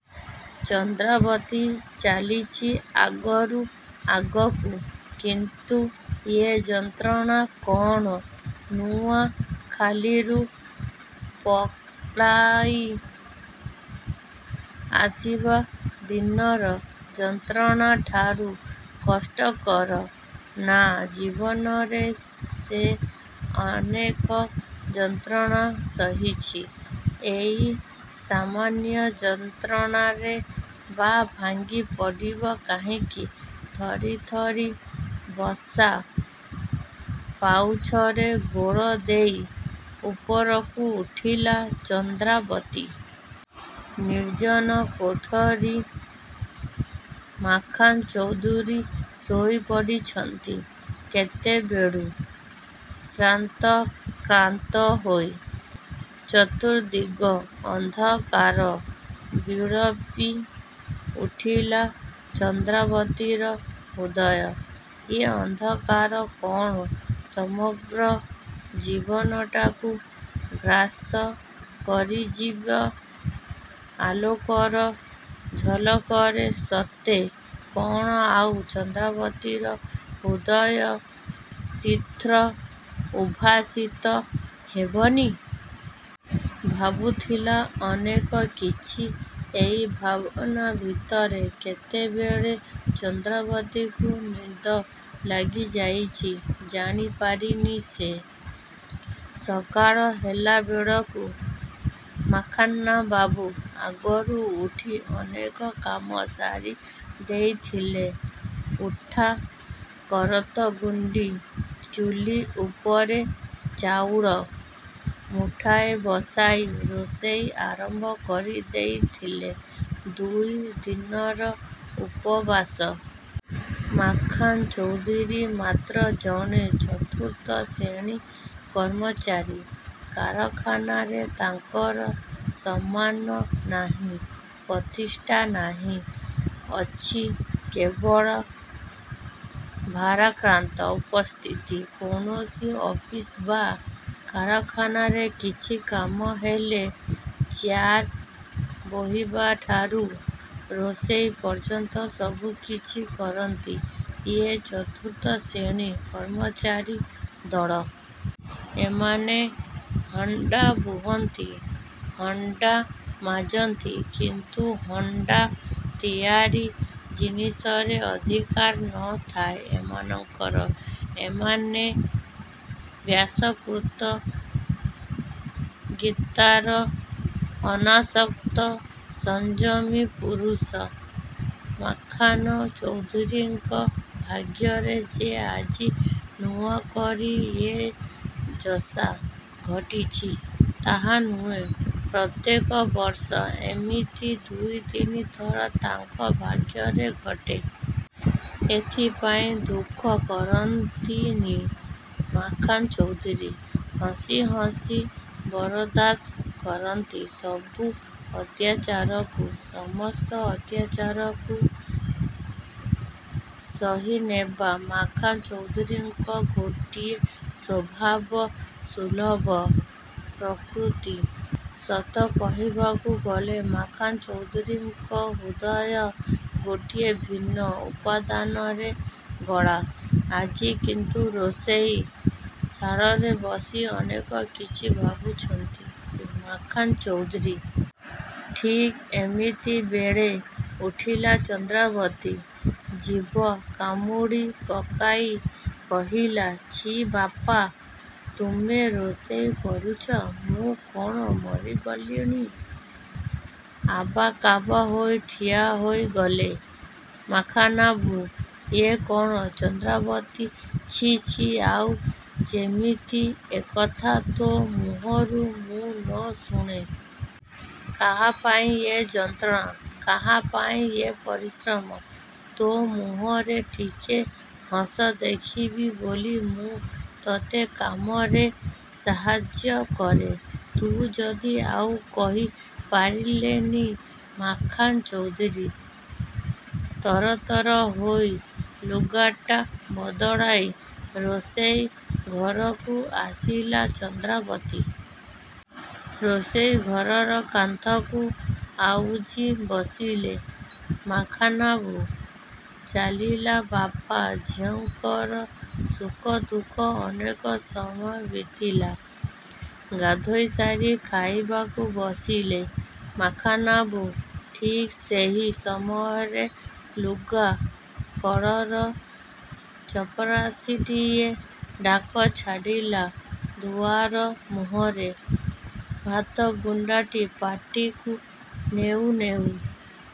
ଚନ୍ଦ୍ରାବତୀ ଚାଲିଛି ଆଗରୁ ଆଗକୁ। କିନ୍ତୁ ଏ ଯନ୍ତ୍ରଣା କ'ଣ ନୂଆଖାଲିରୁ ପଳାଇ ଆସିବା ଦିନର ଯନ୍ତ୍ରଣାଠାରୁ କଷ୍ଟକର। ନାଁ...। ଜୀବନରେ ସେ ଅନେକ ଯନ୍ତ୍ରଣା ସହିଛି। ଏଇ ସାମାନ୍ୟ ଯନ୍ତ୍ରଣାରେ ବା ଭାଙ୍ଗି ପଡ଼ିବ କାହିଁକି? ଥରି ଥରି ବସା ପାଉଛରେ ଗୋଡ଼ ଦେଇ ଉପରକୁ ଉଠିଲା ଚନ୍ଦ୍ରାବତୀ। ନିର୍ଜନ କୋଠରୀ। ମାଖନ୍ ଚୌଧୁରୀ ଶୋଇ ପଡ଼ିଛନ୍ତି କେତେବେଳୁ ଶ୍ରାନ୍ତ କ୍ଲାନ୍ତ ହୋଇ। ଚତୁର୍ଦିଗ ଅନ୍ଧକାର, ବିଳପି ଉଠିଲା ଚନ୍ଦ୍ରାବତୀର ହୃଦୟ। ଏ ଅନ୍ଧକାର କ'ଣ ସମଗ୍ର ଜୀବନଟାକୁ ଗ୍ରାସ କରିଯିବ? ଆଲୋକର ଝଲକରେ ସତେ କ'ଣ ଆଉ ଚନ୍ଦ୍ରାବତୀର ହୃଦୟ ତୀଥ୍ର ଉଭାସିତ ହେବନି!! ଭାବୁଥିଲା ଅନେକ କିଛି ଏଇ ଭାବନା ଭିତରେ କେତେବେଳେ ଚନ୍ଦ୍ରାବତୀକୁ ନିଦ ଲାଗିଯାଇଛି–––ଜାଣି ପାରିନି ସେ। ସକାଳ ହେଲାବେଳକୁ ମାଖନ୍ନା ବାବୁ ଆଗରୁ ଉଠି ଅନେକ କାମ ସାରି ଦେଇଥିଲେ। ଉଠା କରତଗୁଣ୍ଡି ଚୁଲୀ ଉପରେ ଚାଉର ମୁଠାଏ ବସାଇ ରୋଷେଇ ଆରମ୍ଭ କରି ଦେଇଥିଲେ। ଦୁଇ ଦିନର ଉପବାସ। ମାଖନ୍ ଚୌଧୁରୀ ମାତ୍ର ଜଣେ ଚତୁର୍ଥ ଶ୍ରେଣୀ କର୍ମଚାରୀ। କାରଖାନାରେ ତାଙ୍କର ସମ୍ମାନ ନାହିଁ ପ୍ରତିଷ୍ଠା ନାହିଁ.. ଅଛି କେବଳ ଭାରାକ୍ରାନ୍ତ ଉପସ୍ଥିତି। କୌଣସି ଅଫିସ ବା କାରଖାନାରେ କିଛି କାମ ହେଲେ ଚେୟାର ବୋହିବାଠାରୁ ରୋଷଇ ପର୍ଯ୍ୟନ୍ତ ସବୁ କିଛି କରନ୍ତି ଏ ଚତୁର୍ଥ ଶ୍ରେଣୀ କର୍ମଚାରୀ ଦର। ଏମାନେ ହଣ୍ଡା ବୁହନ୍ତି... ହଣ୍ଡା ମାଜନ୍ତି—କିନ୍ତୁ ହଣ୍ଡା ତିଆରି ଜିନିଷରେ ଅଧିକାର ନ ଥାଏ ଏମାନଙ୍କର। ଏମାନେ ବ୍ୟାସକୃତ ଗୀତାର ଅନାସକ୍ତ ସଂଯମୀ ପୁରୁଷ। ମାଖନ ଚୌଧୁରୀଙ୍କ ଭାଗ୍ୟରେ ଯେ ଆଜି ନୂଆକରି ଏ ଯଶା। ଘଟିଛି ତାହା ନୁହେଁ... ପ୍ରତ୍ୟେକ ବର୍ଷ ଏମିତି ଦୁଇ ତିନି ଥର ତାଙ୍କ ଭାଗ୍ୟରେ ଘଟେ। ଏଥିପାଇଁ ଦୁଃଖ କରନ୍ତିନି ମାଖନ୍ ଚୌଧୁରୀ। ହସି ହସି ବରଦାସ୍ କରନ୍ତି ସବୁ ଅତ୍ୟାଚାରକୁ। ସମସ୍ତ ଅତ୍ୟାଚାରକୁ ସହିନେବା ମାଖନ୍ ଚୌଧୁରୀଙ୍କର ଗୋଟିଏ ସ୍ୱଭାବ ସୁଲଭ ପ୍ରକୃତି। ସତ କହିବାକୁ ଗଲେ ମାଖନ୍ ଚୌଧୁରୀଙ୍କ ହୃଦୟ ଗୋଟିଏ ଭିନ୍ନ ଉପାଦାନରେ ଗଢ଼ା-। ଆଜି କିନ୍ତୁ ରୋଷେଇ ଶାଳରେ ବସି ଅନେକ କିଛି ଭାବୁଛନ୍ତି ମାଖନ୍ ଚୌଧୁରୀ। ଠିକ୍ ଏମିତିବେଳେ ଉଠିଲା ଚନ୍ଦ୍ରାବତୀ। ଜିଭ କାମୁଡ଼ି ପକାଇ କହିଲା—''ଛି ବାପା! ତୁମେ ରୋଷେଇ କରୁଛ... ମୁଁ କ'ଣ ମରିଗଲିଣି? '' ଆବାକାବା ହୋଇ ଠିଆ ହୋଇଗଲେ ମାଖନ୍ନାବୁ। ''ଏ କ'ଣ ଚନ୍ଦ୍ରାବତୀ? ଛି... ଛି... ଆଉ ଯେମିତି ଏକଥା ତୋ ମୁହଁରୁ ମୁଁ ନ ଶୁଣେ। କାହାପାଇଁ ଏ ଯନ୍ତ୍ରଣା? କାହାପାଇଁ ଏ ପରିଶ୍ରମ? ତୋ ମୁହଁରେ ଟିକେ ହସ ଦେଖିବି ବୋଲି ମୁଁ ତୋତେ କାମରେ ସାହାଯ୍ୟ କରେ। ତୁ ଯଦି '' ଆଉ କହି ପାରିଲେନି ମାଖନ୍ ଚୌଧୁରୀ। ତରତର ହୋଇ ଲୁଗାଟା ବଦଳାଇ ରୋଷେଇ ଘରକୁ ଆସିଲା ଚନ୍ଦ୍ରାବତୀ। ରୋଷେଇ ଘରର କାନ୍ଥକୁ ଆଉଜି ବସିଲେ ମାଖନ୍ନାବୁ, ଚାଲିଲା ବାପା ଝିଅଙ୍କର ସୁଖ ଦୁଃଖ ଅନେକ ସମୟ ବିତିଲା। ଗାଧୋଇସାରି ଖାଇବାକୁ ବସିଲେ ମାଖନ୍ନାବୁ। ଠିକ୍ ସେହି ସମୟରେ ଲୁଗା କଳର ଚପରାଶିଟିଏ ଡାକ ଛାଡ଼ିଲା ଦୁଆର ମୁହଁରେ। ଭାତ ଗୁଣ୍ଡାଟି ପାଟିକୁ ନେଉ ନେଉ...